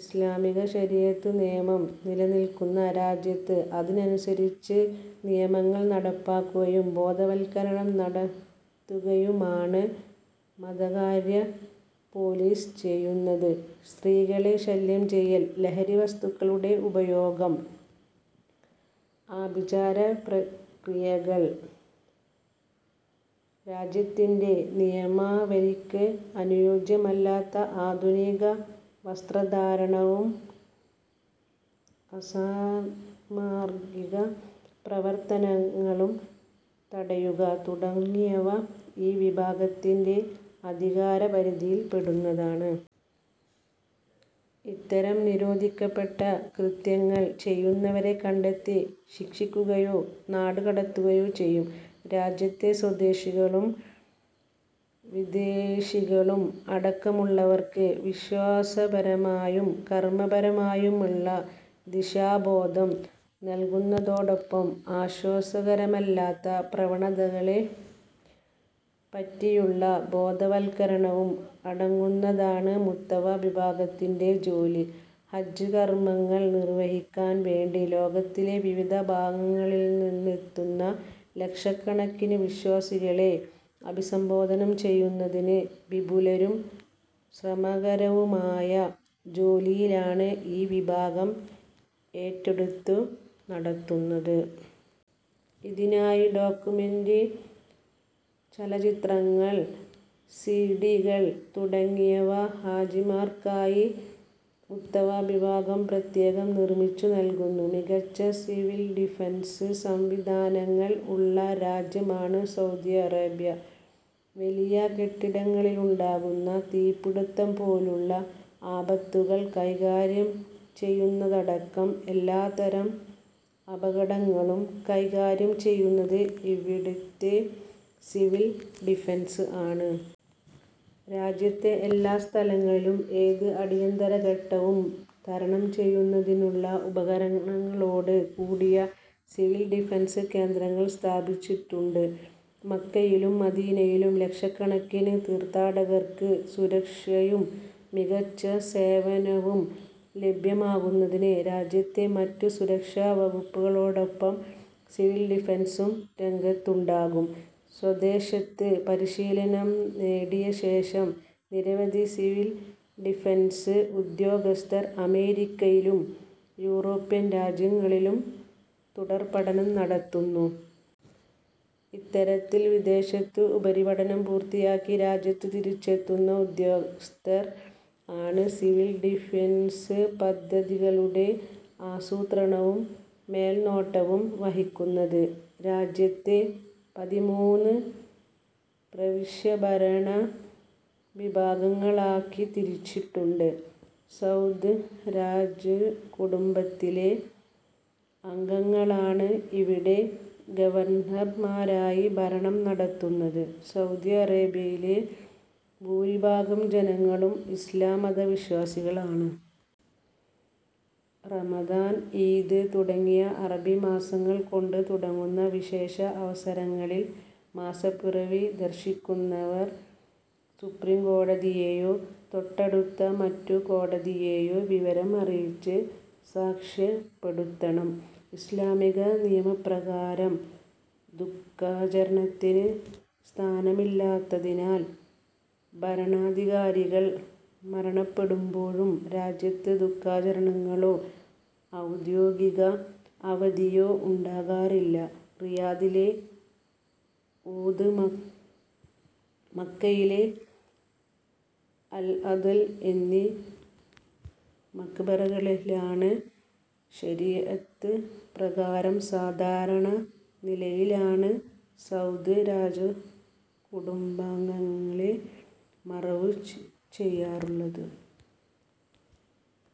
ഇസ്ലാമിക ശരീഅത്ത് നിയമം നില നിൽക്കുന്ന രാജ്യത്ത് അതിനനുസരിച്ച് നിയമങ്ങൾ നടപ്പാക്കുകയും ബോധവൽക്കരണം നടത്തുകയുമാണ് മതകാര്യ പോലീസ് ചെയ്യുന്നത്. സ്ത്രീകളെ ശല്യം ചെയ്യൽ, ലഹരി വസ്തുക്കളുടെ ഉപയോഗം, ആഭിചാരക്രിയകൾ, രാജ്യത്തിന്റെ നിയമാവലിക്ക് അനുയോജ്യമല്ലാത്ത ആധുനിക വസ്ത്രധാരണവും അസാന്മാർഗിക പ്രവർത്തനങ്ങളും തടയുക തുടങ്ങിയവ ഈ വിഭാഗത്തിന്റെ അധികാര പരിധിയിൽ പെടുന്നതാണ്. ഇത്തരം നിരോധിക്കപ്പെട്ട കൃത്യങ്ങൾ ചെയ്യുന്നവരെ കണ്ടെത്തി ശിക്ഷിക്കുകയോ നാട് കടത്തുകയോ ചെയ്യും. രാജ്യത്തെ സ്വദേശികളും വിദേശികളും അടക്കമുള്ളവർക്ക് വിശ്വാസപരമായും കർമപരമായുമുള്ള ദിശാബോധം നൽകുന്നതോടൊപ്പം ആശാസ്യകരമല്ലാത്ത പ്രവണതകളെ പറ്റിയുള്ള ബോധവത്കരണവും അടങ്ങുന്നതാണ് മുത്തവ്വ വിഭാഗത്തിന്റെ ജോലി. ഹജ്ജ് കർമങ്ങൾ നിർവഹിക്കാൻ വേണ്ടി ലോകത്തിന്റെ വിവിധ ഭാഗങ്ങളിൽ നിന്നെത്തുന്ന ലക്ഷക്കണക്കിന് വിശ്വാസികളെ അഭിസംബോധന ചെയ്യുന്നതിന് വിപുലവും ശ്രമകരവുമായ ജോലിയിലാണ് ഈ വിഭാഗം ഏറ്റെടുത്തു നടത്തുന്നത്. ഇതിനായി ഡോക്യുമെന്ററി ചലച്ചിത്രങ്ങൾ, സി. ഡി. കൾ, തുടങ്ങിയവ ഹാജിമാർക്കായി മുത്തവ്വ വിഭാഗം പ്രത്യേകം നിർമിച്ചു നൽകുന്നു. മികച്ച സിവിൽ ഡിഫൻസ് സംവിധാനങ്ങൾ ഉള്ള രാജ്യമാണ് സൗദി അറേബ്യ. വലിയ കെട്ടിടങ്ങളിലുണ്ടാകുന്ന തീപ്പിടുത്തം പോലുള്ള ആപത്തുകൾ കൈകാര്യം ചെയ്യുന്നതടക്കം എല്ലാതരം അപകടങ്ങളും കൈകാര്യം ചെയ്യുന്നത് ഇവിടുത്തെ സിവിൽ ഡിഫൻസ് ആണ്. രാജ്യത്തെ എല്ലാ സ്ഥലങ്ങളിലും ഏത് അടിയന്തരഘട്ടവും തരണം ചെയ്യുന്നതിനുള്ള ഉപകരണങ്ങളോട് കൂടിയ സിവിൽ ഡിഫൻസ് കേന്ദ്രങ്ങൾ സ്ഥാപിച്ചിട്ടുണ്ട്. മക്കയിലും മദീനയിലും ലക്ഷക്കണക്കിന് തീർത്ഥാടകർക്ക് സുരക്ഷയും മികച്ച സേവനവും ലഭ്യമാക്കുന്നതിന് രാജ്യത്തെ മറ്റു സുരക്ഷാ വകുപ്പുകളോടൊപ്പം സിവിൽ ഡിഫൻസും രംഗത്തുണ്ടാകും. സ്വദേശത്ത് പരിശീലനം നേടിയ ശേഷം നിരവധി സിവിൽ ഡിഫൻസ് ഉദ്യോഗസ്ഥർ അമേരിക്കയിലും യൂറോപ്യൻ രാജ്യങ്ങളിലും തുടർപഠനം നടത്തുന്നു. ഇത്തരത്തിൽ വിദേശത്തു ഉപരിപഠനം പൂർത്തിയാക്കി രാജ്യത്ത് തിരിച്ചെത്തുന്ന ഉദ്യോഗസ്ഥർ ആണ് സിവിൽ ഡിഫൻസ് പദ്ധതികളുടെ ആസൂത്രണവും മേൽനോട്ടവും വഹിക്കുന്നത്. രാജ്യത്തെ പതിമൂന്നു പ്രവിശ്യ ഭരണ വിഭാഗങ്ങളാക്കി തിരിച്ചിട്ടുണ്ട്. സൗദ് രാജ കുടുംബത്തിലെ അംഗങ്ങളാണ് ഇവിടെ ഗവർണർമാരായി ഭരണം നടത്തുന്നത്. സൗദി അറേബ്യയിലെ ഭൂരിഭാഗം ജനങ്ങളും ഇസ്ലാം മത വിശ്വാസികൾ ആണ്. റമദാൻ, ഈദ് തുടങ്ങി അറബി മാസങ്ങൾ കൊണ്ട് തുടങ്ങുന്ന വിശേഷ അവസരങ്ങളിൽ മാസപ്പിറവി ദർശിക്കുന്നവർ സുപ്രീം കോടതിയെയോ, തൊട്ടടുത്ത മറ്റു കോടതിയെയോ വിവരം അറിയിച്ച് സാക്ഷ്യപ്പെടുത്തണം. ഇസ്ലാമിക നിയമ പ്രകാരം ദു:ഖാചരണത്തിന് സ്ഥാനമില്ലാത്തതിനാൽ ഭരണാധികാരികൾ മരണപ്പെടുമ്പോഴും രാജ്യത്ത് ദു:ഖാചരണങ്ങളോ ഔദ്യോഗിക അവധിയോ ഉണ്ടാകാറില്ല. റിയാദിലെ ഊദ്, മക്കയിലെ അൽഅദ്ൽ എന്നീ മഖ്ബറകളിലാണ് ശരീഅത്ത് പ്രകാരം സാധാരണ നിലയിലാണ് സൗദ് രാജകുടുംബാംഗങ്ങളെ മറവു ചെയ്യാറുള്ളത്.